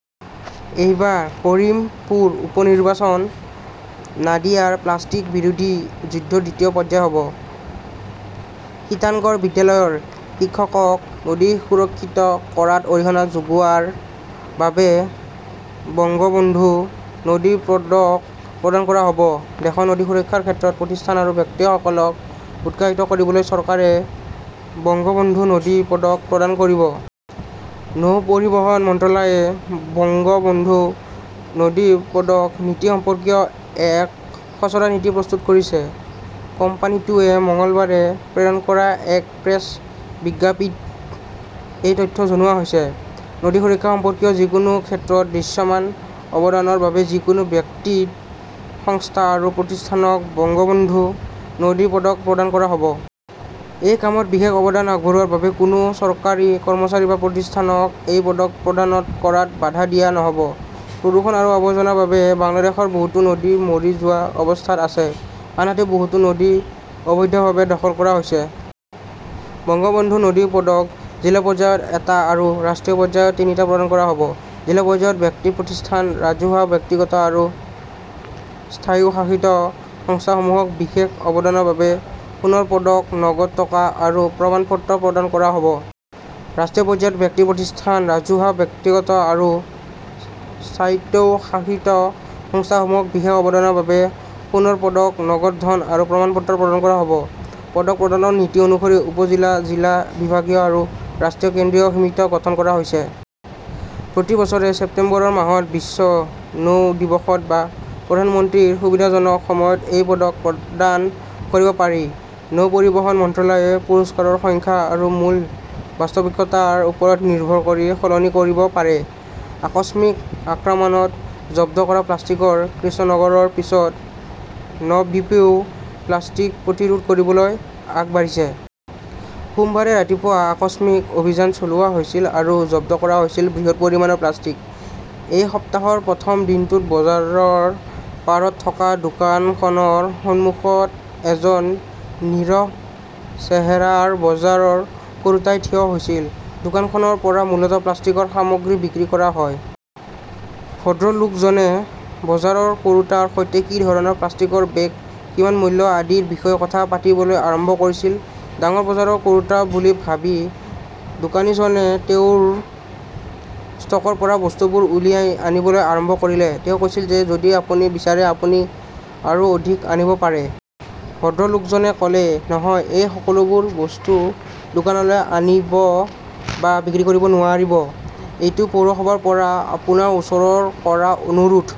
এইবাৰ কৰিমপুৰ উপ-নিৰ্বাচন নাদিয়াৰ প্লাষ্টিক বিৰোধী যুদ্ধৰ দ্বিতীয় পৰ্যায় হ'ব। সীতানগৰ বিদ্যালয়ৰ শিক্ষকক নদী সুৰক্ষিত কৰাত অৰিহণা যোগোৱাৰ বাবে 'বঙ্গবন্ধু নদী পদক 'প্ৰদান কৰা হ'ব। দেশৰ নদী সুৰক্ষাৰ ক্ষেত্ৰত প্ৰতিষ্ঠান আৰু ব্যক্তিসকলক উৎসাহিত কৰিবলৈ চৰকাৰে 'বঙ্গবন্ধু নদী পদক 'প্ৰদান কৰিব। নৌ পৰিবহণ মন্ত্ৰালয়ে 'বঙ্গবন্ধু নদী পদক' নীতি সম্পৰ্কীয় এক খচৰা নীতি প্ৰস্তুত কৰিছে। কোম্পানীটোৱে মঙলবাৰে প্ৰেৰণ কৰা এক প্ৰেছ বিজ্ঞপ্তিত এই তথ্য জনোৱা হৈছে। নদী সুৰক্ষা সম্পৰ্কীয় যিকোনো ক্ষেত্ৰত দৃশ্যমান অৱদানৰ বাবে যিকোনো ব্যক্তিগ ত সংস্থা আৰু প্ৰতিষ্ঠানক 'বঙ্গবন্ধু নদী পদক' প্ৰদান কৰা হ" ব। এই কামত বিশেষ অৱদান আগবঢ়োৱাৰ বাবে কোনো চৰকাৰী কৰ্মচাৰী বা প্ৰতিষ্ঠানক এই পদক প্ৰদান কৰাত বাধা দিয়া নহ 'ব। প্ৰদূষণ আৰু আৱৰ্জনাৰ বাবে বাংলাদেশৰ বহুতো নদী মৰি যোৱা অৱস্থাত আছে, আনহাতে বহুতো নদী অবৈধভাৱে দখল কৰা হৈছে। 'বঙ্গবন্ধু নদী পদক 'জিলা পৰ্যায়ত এটা আৰু ৰাষ্ট্ৰীয় পৰ্যায়ত তিনিটা প্ৰদান কৰা হ'ব। জিলা পৰ্যায়ত ব্যক্তি প্ৰতিষ্ঠান, ৰাজহুৱা, ব্যক্তিগত আৰু স্বায়ত্তশাসিত সংস্থাসমূহক বিশেষ অৱদানৰ বাবে সোণৰ পদক, নগদ টকা আৰু প্ৰমাণপত্ৰ প্ৰদান কৰা হ 'ব। ৰাষ্ট্ৰীয় পৰ্যায়ত ব্যক্তি প্ৰতিষ্ঠান, ৰাজহুৱা, ব্যক্তিগত আৰু স্বায়ত্তশাসিত সংস্থাসমূহক বিশেষ অৱদানৰ বাবে সোনৰ পদক, নগদ ধন আৰু প্ৰমাণপত্ৰ প্ৰদান কৰা হ 'ব। পদক প্ৰদানৰ নীতি অনুসৰি উপ-জিলা, জিলা, বিভাগীয় আৰু ৰাষ্ট্ৰীয় কেন্দ্ৰীয় সমিতি গঠন কৰা হৈছে। প্ৰতি বছৰে ছেপ্টেম্বৰ মাহত বিশ্ব নৌ দিৱসত বা প্ৰধানমন্ত্ৰীৰ সুবিধাজনক সময়ত এই পদক প্ৰদান কৰিব পাৰি। নৌ পৰিবহণ মন্ত্ৰালয়ে পুৰস্কাৰৰ সংখ্যা আৰু মূল্য বাস্তৱিকতাৰ ওপৰত নিৰ্ভৰ কৰি সলনি কৰিব পাৰে। আকস্মিক আক্ৰমণত জব্দ কৰা প্লাষ্টিক কৃষ্ণনগৰৰ পিছত, নৱদ্বীপও প্লাষ্টিক প্ৰতিৰোধ কৰিবলৈ আগবাঢ়িছে। সোমবাৰে ৰাতিপুৱা আকস্মিক অভিযান চলোৱা হৈছিল আৰু জব্দ কৰা হৈছিল বৃহৎ পৰিমাণৰ প্লাষ্টিক। এই সপ্তাহৰ প্ৰথম দিনটোত বজাৰৰ পাৰত থকা দোকানখনৰ সন্মুখত এজন নিৰীহ চেহেৰাৰ বজাৰ কৰোতাই থিয় হৈছিল। দোকানখনৰ পৰা মূলতঃ প্লাষ্টিকৰ সামগ্ৰী বিক্ৰী কৰা হয়। ভদ্ৰলোকজনে বজাৰ কৰোঁতাৰ সৈতে কি ধৰণৰ প্লাষ্টিকৰ বেগ, কিমান মূল্য আদিৰ বিষয়ে কথা পাতিবলৈ আৰম্ভ কৰিছিল। ডাঙৰ বজাৰ কৰোঁতা বুলি ভাবি, দোকানীজনে তেওঁৰ ষ্টকৰ পৰা বস্তুবোৰ উলিয়াই আনিবলৈ আৰম্ভ কৰিলে। তেওঁ কৈছিল যে যদি আপুনি বিচাৰে আপুনি আৰু অধিক আনিব পাৰে। ভদ্ৰলোকজনে কলে ,নহয এই সকলোবোৰ বস্তু দোকানলৈ আনিব বা বিক্ৰী কৰিব নোৱাৰিব। এইটো পৌৰসভাৰ পৰা আপোনাৰ ওচৰত কৰা অনুৰোধ।